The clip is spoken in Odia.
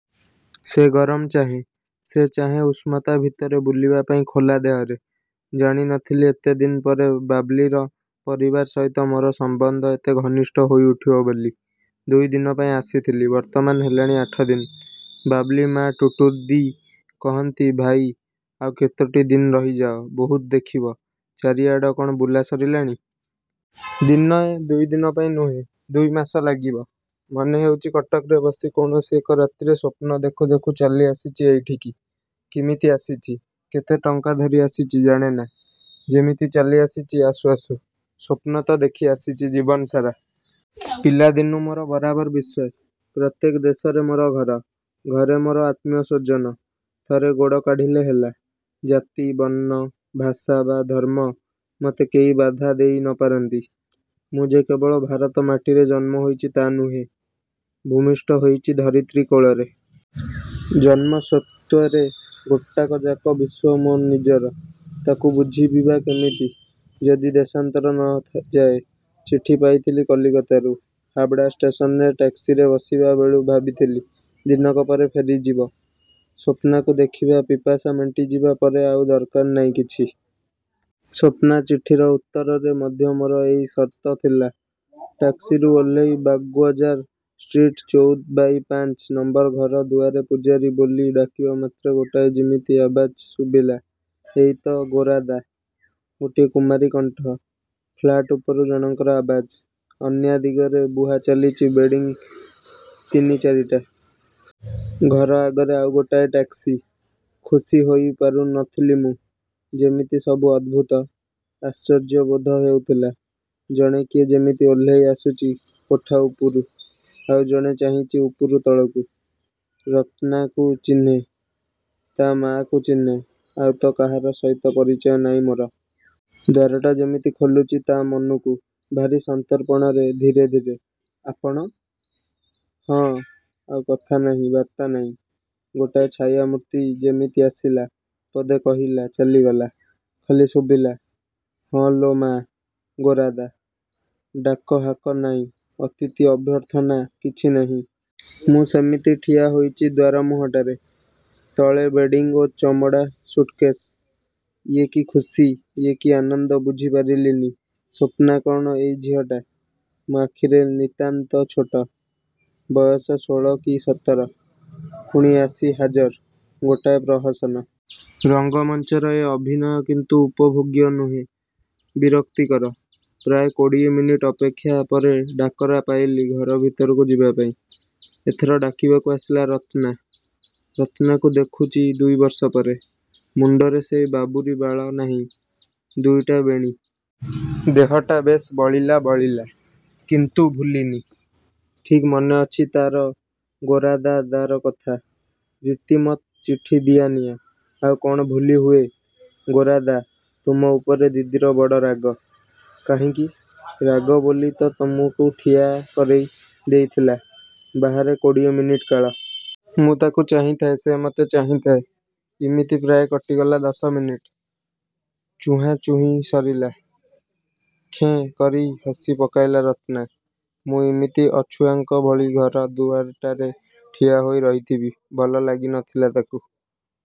ସେ ଗରମ ଚାହେଁ। ସେ ଚାହେଁ ଉଷ୍ଣତା ଭିତରେ ବୁଲିବା ପାଇଁ ଖୋଲା ଦେହରେ। ଜାଣି ନ ଥିଲି ଏତେଦିନ ପରେ ବାବ୍ଲିର ପରିବାର ସହିତ ମୋର ସମ୍ବନ୍ଧ ଏତେ ଘନିଷ୍ଠ ହୋଇଉଠିବ ବୋଲି। ଦୁଇଦିନ ପାଇଁ ଆସିଥିଲି, ବର୍ତ୍ତମାନ ହେଲାଣି ଆଠଦିନ। ବାବ୍ଲି ମାଆ ଟୁଟୁଦି କହନ୍ତି–ଭାଇ, ଆଉ କେତୋଟି ଦିନ ରହିଯାଅ, ବହୁତ ଦେଖିବ, ଚାରିଆଡ଼ କ'ଣ ବୁଲା ସରିଲାଣି? ଦିନେ ଦୁଇ ଦିନ ପାଇଁ ନୁହେଁ, ଦୁଇ ମାସ ଲାଗିବ। ମନେ ହେଉଚି କଟକରେ ବସି କୌଣସି ଏକ ରାତିରେ ସ୍ୱପ୍ନ ଦେଖୁ ଦେଖୁ ଚାଲିଆସିଛି ଏଇଠିକି। କିମିତି ଆସିଛି, କେତେ ଟଙ୍କା ଧରି ଆସିଛି ଜାଣେନା। ଯେମିତି ଚାଲିଆସିଛି ଆସୁ ଆସୁ। ସ୍ୱପ୍ନ ତ ଦେଖିଆସିଛି ଜୀବନ ସାରା। ପିଲାଦିନୁ ମୋର ବରାବର ବିଶ୍ୱାସ, ପ୍ରତ୍ୟେକ ଦେଶରେ ମୋର ଘର; ଘରେ ମୋର ଆତ୍ମୀୟସ୍ୱଜନ। ଥରେ ଗୋଡ଼ କାଢ଼ିଲେ ହେଲା। ଜାତି, ବର୍ଣ୍ଣ, ଭାଷା ବା ଧର୍ମ ମତେ କେହି ବାଧା ଦେଇ ନ ପାରନ୍ତି। ମୁଁ ଯେ କେବଳ ଭାରତ ମାଟିରେ ଜନ୍ମ ହୋଇଛି ତା ନୁହେ, ଭୂମିଷ୍ଠ ହୋଇଛି ଧରିତ୍ରୀ କୋଳରେ। ଜନ୍ମ ସ୍ୱତ୍ୱରେ ଗୋଟାକଯାକ ବିଶ୍ୱ ମୋ ନିଜର। ତାକୁ ବୁଝିବି ବା କିମିତି ଯଦି ଦେଶାନ୍ତର ନ ଯାଏ। ଚିଠି ପାଇଥିଲି କଲିକତାରୁ। ହାବଡ଼ା ଷ୍ଟେସନରେ ଟାକ୍ସିରେ ବସିବାବେଳୁ ଭାବିଥିଲି, ଦିନକ ପରେ ଫେରିଯିବ। ସ୍ୱପ୍ନାକୁ ଦେଖିବା ପିପାସା ମେଣ୍ଟିଯିବା ପରେ ଆଉ ଦରକାର ନାହିଁ କିଛି-। ସ୍ୱପ୍ନା ଚିଠିର ଉତ୍ତରରେ ମଧ୍ୟ ମୋର ଏଇ ସର୍ତ୍ତ ଥିଲା। ଟାକ୍ସିରୁ ଓହ୍ଲେଇ ବାଗ୍ବଜାର ଷ୍ଟ୍ରିଟ୍ର ଚଉଦ ବାଇ ପାଞ୍ଚ ନମ୍ବର ଘର ଦୁଆରେ ପୂଜାରୀ ବୋଲି ଡ଼ାକିବା ମାତ୍ରେ ଗୋଟାଏ ଯିମିତି ଆବାଜ ଶୁଭିଲା–ଏଇ ତ ଗୋରାଦା। ଗୋଟିଏ କୁମାରୀ କଣ୍ଠ, ଫ୍ଲାଟ ଉପରୁ ଜଣଙ୍କର ଆବାଜ, ଅନ୍ୟାଦିଗରେ ବୁହାଚାଲିଚି ବେଡ଼ିଂ ତିନି ଚାରିଟା। ଘର ଆଗରେ ଆଉ ଗୋଟାଏ ଟାକ୍ସି-। ଖୁସି ହୋଇପାରୁ ନ ଥିଲି ମୁଁ। ଯେମିତି ସବୁ ଅଦ୍ଭୁତ, ଆଶ୍ଚର୍ଯ୍ୟବୋଧ ହେଉଥିଲା। ଜଣେ କିଏ ଯେମିତି ଓହ୍ଲେଇ ଆସୁଛି କୋଠା ଉପରୁ, ଆଉ ଜଣେ ଚାହିଁଛି ଉପରୁ ତଳକୁ। ରତ୍ନାକୁ ଚିହ୍ନେ, ତା ମାଆକୁ ଚିହ୍ନେ, ଆଉ ତ କାହାର ସହିତ ପରିଚୟ ନାହିଁ ମୋର। ଦ୍ୱାରଟା ଯେମିତି ଖୋଲୁଛି ତା ମନକୁ, ଭାରି ସନ୍ତର୍ପଣରେ ଧୀରେ ଧୀରେ। ''ଆପଣ? '' ''ହଁ। '' ଆଉ କଥା ନାହିଁ, ବାର୍ତ୍ତା ନାହିଁ। ଗୋଟାଏ ଛାୟାମୂର୍ତ୍ତି ଯେମିତି ଆସିଲା, ପଦେ କହିଲା, ଚାଲିଗଲା। ଖାଲି ଶୁଭିଲା–''ହଁ ଲୋ ମା, ଗୋରାଦା। '' ଡାକହାକ ନାହିଁ, ଅତିଥି ଅଭ୍ୟର୍ଥନା କିଛି ନାହିଁ। ମୁଁ ସେମିତି ଠିଆହୋଇଛି ଦ୍ୱାର ମୁହଁଟାରେ। ତଳେ ବେଡ଼ିଂ ଓ ଚମଡ଼ା ସୁଟ୍କେଶ। ଇଏ କି ଖୁସି, ଇଏ କି ଆନନ୍ଦ ବୁଝିପାରିଲିନି। ସ୍ୱପ୍ନା କ'ଣ ଏଇ ଝିଅଟା? ମୋ ଆଖିରେ ନିତାନ୍ତ ଛୋଟ, ବୟସ ଷୋଳ କି ସତର। ପୁଣି ଆସି ହାଜର। ଗୋଟାଏ ପ୍ରହସନ। ରଙ୍ଗମଞ୍ଚର ଏ ଅଭିନୟ କିନ୍ତୁ ଉପଭୋଗ୍ୟ ନୁହେଁ, ବିରକ୍ତିକର। ପ୍ରାୟ କୋଡ଼ିଏ ମିନିଟ ଅପେକ୍ଷା ପରେ ଡାକରା ପାଇଲି ଘର ଭିତରକୁ ଯିବା ପାଇଁ। ଏଥର ଡାକିବାକୁ ଆସିଲା ରତ୍ନା। ରତ୍ନାକୁ ଦେଖୁଚି ଦୁଇ ବର୍ଷ ପରେ। ମୁଣ୍ଡରେ ସେଇ ବାବୁରି ବାଳ ନାହିଁ। ଦୁଇଟା ବେଣୀ। ଦେହଟା ବେଶ୍ ବଳିଲା ବଳିଲା। କିନ୍ତୁ ଭୁଲିନି। ଠିକ୍ ମନେ ଅଛି ତାର ଗୋରାଦାଦାର କଥା। ରୀତିମତ ଚିଠି ଦିଆନିଆ, ଆଉ କ'ଣ ଭୁଲି ହୁଏ? ''ଗୋରାଦା, ତୁମ ଉପରେ ଦିଦିର ବଡ଼ ରାଗ। '' ''କାହିଁକି? '' ''ରାଗ ବୋଲି ତ ତୁମକୁ ଠିଆକରେଇ ଦେଇଥିଲା ବାହାରେ କୋଡ଼ିଏ ମିନିଟ କାଳ। ମୁଁ ତାକୁ ଚାହିଁଥାଏ, ସେ ମତେ ଚାହିଁଥାଏ–ଇମିତି ପ୍ରାୟ କଟିଗଲା ଦଶ ମିନିଟ। ଚୁହାଁଚୁହିଁ ସରିଲା; ଖେଁ କରି ହସି ପକାଇଲା ରତ୍ନା। ମୁଁ ଇମିତି ଅଛୁଆଁଙ୍କ ଭଳି ଘର ଦୁଆରଟାରେ ଠିଆହୋଇ ରହିଥିବି, ଭଲ ଲାଗି ନଥିଲା ତାକୁ।